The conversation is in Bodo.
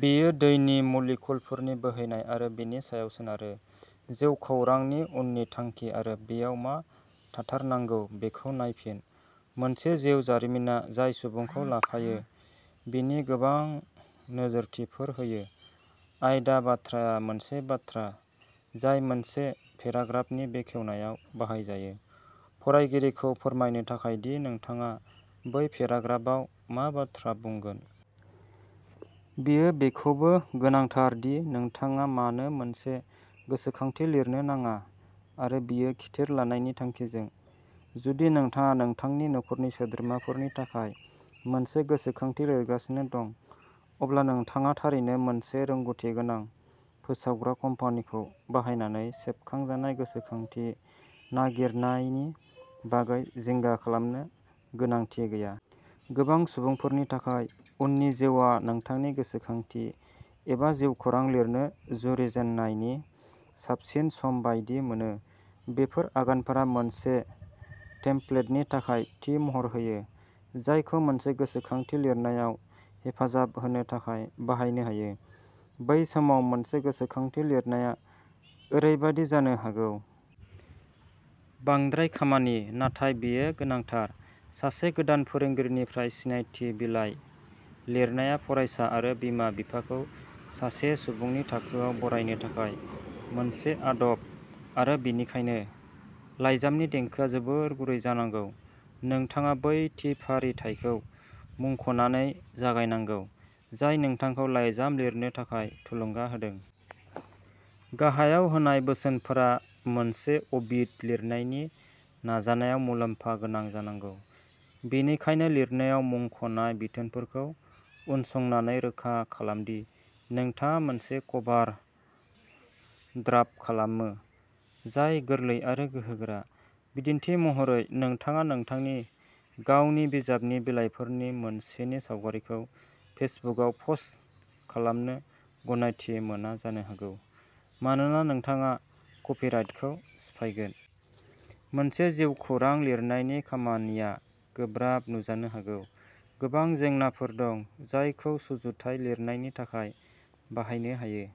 बेयो दैनि मलिक्युलफोरनि बोहैनाय आरो बेनि सायाव सोनारो। जिउखौरांनि उननि थांखि आरो बेयाव मा थाथारनांगौ बेखौ नायफिन। मोनसे जिउ जारिमिना जाय सुबुंखौ लाफायो बिनि गोबां नोजोरथिफोर होयो। आयदा बाथ्राआ मोनसे बाथ्रा जाय मोनसे पेराग्राफानि बेखेवनायाव बाहाय जायो, फरायगिरिखौ फोरमायनो थाखाय दि नोंथाङा बै पेराग्राफआव मा बाथ्रा बुंगोन। बेयो बेखौबो गोनांथार दि नोंथाङा मानो मोनसे गोसोखांथि लिरनो नाङा आरो बेयो खिथेर लानायनि थांखिजों। जुदि नोंथाङा नोंथांनि नखरनि सोद्रोमाफोरनि थाखाय मोनसे गोसोखांथि लिरगासिनो दं, अब्ला नोंथाङा थारैनो मोनसे रोंग'थि गोनां फोसावग्रा कम्पानिखौ बाहायनानै सेबखांजानाय गोसोखांथि नागिरनायनि बागै जिंगा खालामनो गोनांथि गैया। गोबां सुबुंफोरनि थाखाय, उननि जिउआ नोंथांनि गोसोखांथि एबा जिउखौरां लिरनो जुरिजेननायनि साबसिन सम बायदि मोनो। बेफोर आगानफोरा मोनसे टेमप्लेटनि थाखाय थि महर होयो, जायखौ मोनसे गोसोखांथि लिरनायाव हेफाजाब होनो थाखाय बाहायनो हायो। बै समाव मोनसे गोसोखांथि लिरनाया ओरैबायदि जानो हागौ। बांद्राय खामानि, नाथाय बेयो गोनांथार। सासे गोदान फोरोंगिरिनिफ्राय सिनायथि बिलाय लिरनाया फरायसा आरो बिमा-बिफाखौ सासे सुबुंनि थाखोयाव बरायनो थाखाय मोनसे आदब आरो बेनिखायनो, लाइजामनि देंखोआ जोबोद गुरै जानांगौ। नोंथाङा बै थि फालिथायखौ मुंख'नानै जागायनांगौ जाय नोंथांखौ लाइजाम लिरनो थाखाय थुलुंगा होदों। गाहायाव होनाय बोसोनफोरा मोनसे अबिट लिरनायनि नाजानायाव मुलाम्फा गोनां जानांगौ। बेनिखायनो, लिरनायाव मुंख'नाय बिथोनफोरखौ उनसंनानै रोखा खालाम दि नोंथाङा मोनसे कभार ड्राफ्ट खालामो जाय गोरलै आरो गोहोगोरा। बिदिन्थि महरै, नोंथाङा नोंथांनि गावनि बिजाबनि बिलाइफोरनि मोनसेनि सावगारिखौ फेसबुकआव पस्ट खालामनो गनायथि मोना जानो हागौ, मानोना नोंथाङा कपिराइटखौ सिफायगोन। मोनसे जिउखौरां लिरनायनि खामानिया गोब्राब नुजानो हागौ। गोबां जेंनाफोर दं जायखौ सुजुथाय लिरनायनि थाखाय बाहायनो हायो।